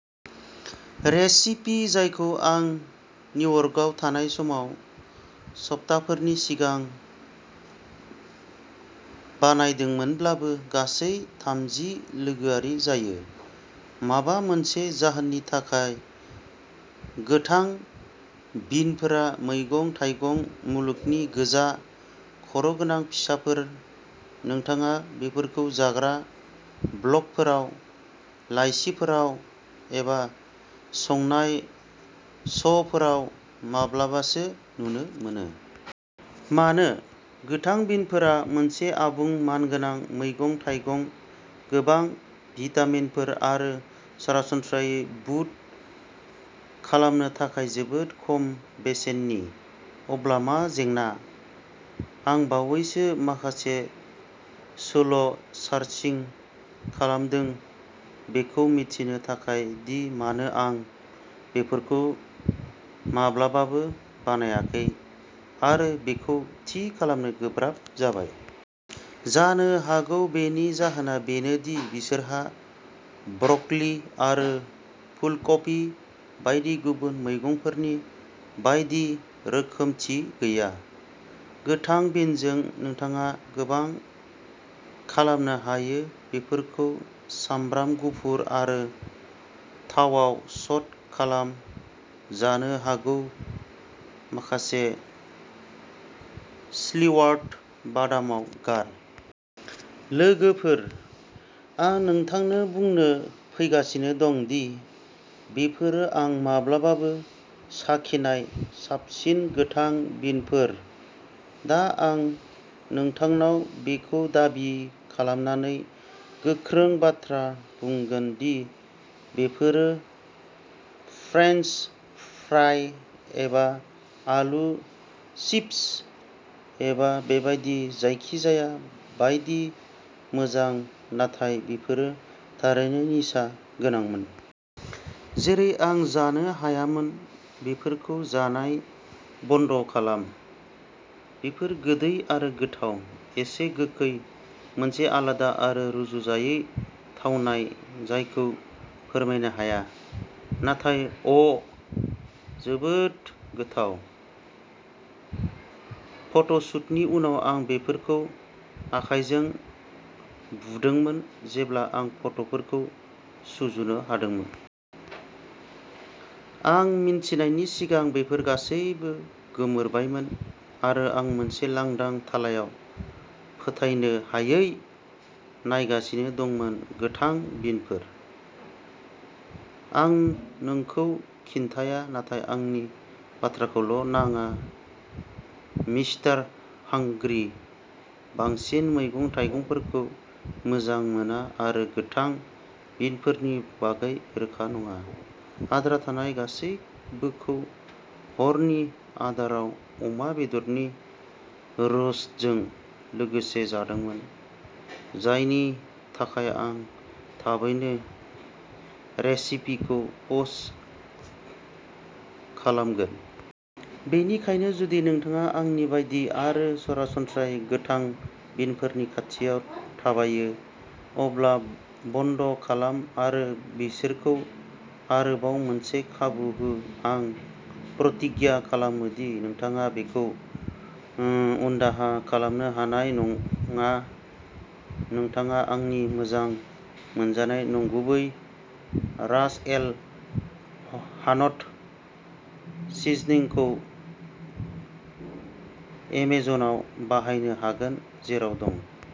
Recipe जायखौ आं निउयर्कआव थानाय समाव सप्ताहफोरनि सिगां बानायदोंमोनब्लाबो गासै थामजि लोगोआरि जायो। माबा मोनसे जाहोननि थाखाय, गोथां बिनफोरा मैगं-थाइगं मुलुगनि गोजा खर'गोनां फिसाफोर। नोंथाङा बेफोरखौ जाग्रा ब्लगफोराव, लाइसिफोराव, एबा संनाय श'फोराव माब्लाबासो नुनो मोनो। मानो? गोथां बिनफोरा मोनसे आबुं मानगोनां मैगं-थाइगं गोबां भिटामिनफोर आरो सरासनस्रायै बुट खालामनो थाखाय जोबोद खम बेसेननि। अब्ला मा जेंना? आं बावैसो माखासे सोल सार्चिं खालामदों बेखौ मिथिनो थाखाय दि मानो आं बेफोरखौ माब्लाबाबो बानायाखै, आरो बेखौ थि खालामनो गोब्राब जाबाय। जानो हागौ बेनि जाहोना बेनो दि बिसोरहा ब्रकलि आरो फुलकबि बायदि गुबुन मैगंफोरनि बायदि रोखोमथि गैया। गोथां बिनजों नोंथाङा गोबां खालामनो हायो बेफोरखौ सामब्राम गुफुर आरो थावाव स'ट खालाम, जानो हागौ माखासे स्लिवार्ड बादामआव गार। लोगोफोर, आं नोंथांनो बुंनो फैगासिनो दं दि बेफोरो आं माब्लाबाबो साखिनाय साबसिन गोथां बिनफोर। दा आं नोंथांनाव बेखौ दाबि खालामनानै गोख्रों बाथ्रा बुंगोन दि बेफोरो फ्रेन्स फ्राइ एबा आलु चिप्स एबा बेबादि जायखिजाया बायदि मोजां नाथाय बेफोरो थारैनो निसा गोनांमोन। जेरै आं जानो हायामोन। बेफोरखौ जानाय बन्द खालाम। बेफोर गोदै आरो गोथाव, एसे गोखै, मोनसे आलादा आरो रुजुजायै थावनाय जायखौ फोरमायनो हाया, नाथाय अ'ह जोबोद गोथाव। फट'शूटनि उनाव आं बेफोरखौ आखाइजों बुदोंमोन जेब्ला आं फट'फोरखौ सुजुनो हादोंमोन। आं मिन्थिनायनि सिगां बेफोर गासैबो गोमोरबायमोन आरो आं मोनसे लांदां थालायाव फोथायनो हायै नायगासिनो दंमोन गोथां बिनफोर? आं नोंखौ खिन्थाया नाथाय आंनि बाथ्राखौल' नाङा मिस्टार हांग्रि, बांसिन मैगं-थाइगंफोरखौ मोजां मोना आरो गोथां बिनफोरनि बागै रोखा नङा, आद्रा थानाय गासैबोखौ हरनि आदाराव अमा बेदरनि रोस्टजों लोगोसे जादोंमोन, जायनि थाखाय आं थाबैनो रेसिपिखौ पस्ट खालामगोन। बेनिखायनो जुदि नोंथाङा आंनि बायदि आरो सरासनस्रायै गोथां बिनफोरनि खाथियाव थाबायो, अब्ला बन्द खालाम आरो बिसोरखौ आरोबाव मोनसे खाबु हो आं प्रतिज्ञा खालामो दि नोंथाङा बेखौ उनदाहा खालामनो हानाय नङा नोंथाङा आंनि मोजां मोनजानाय नंगुबै रास एल हान'ट सिजनिंखौ एमेजनआव बायनो हागोन, जेराव दं।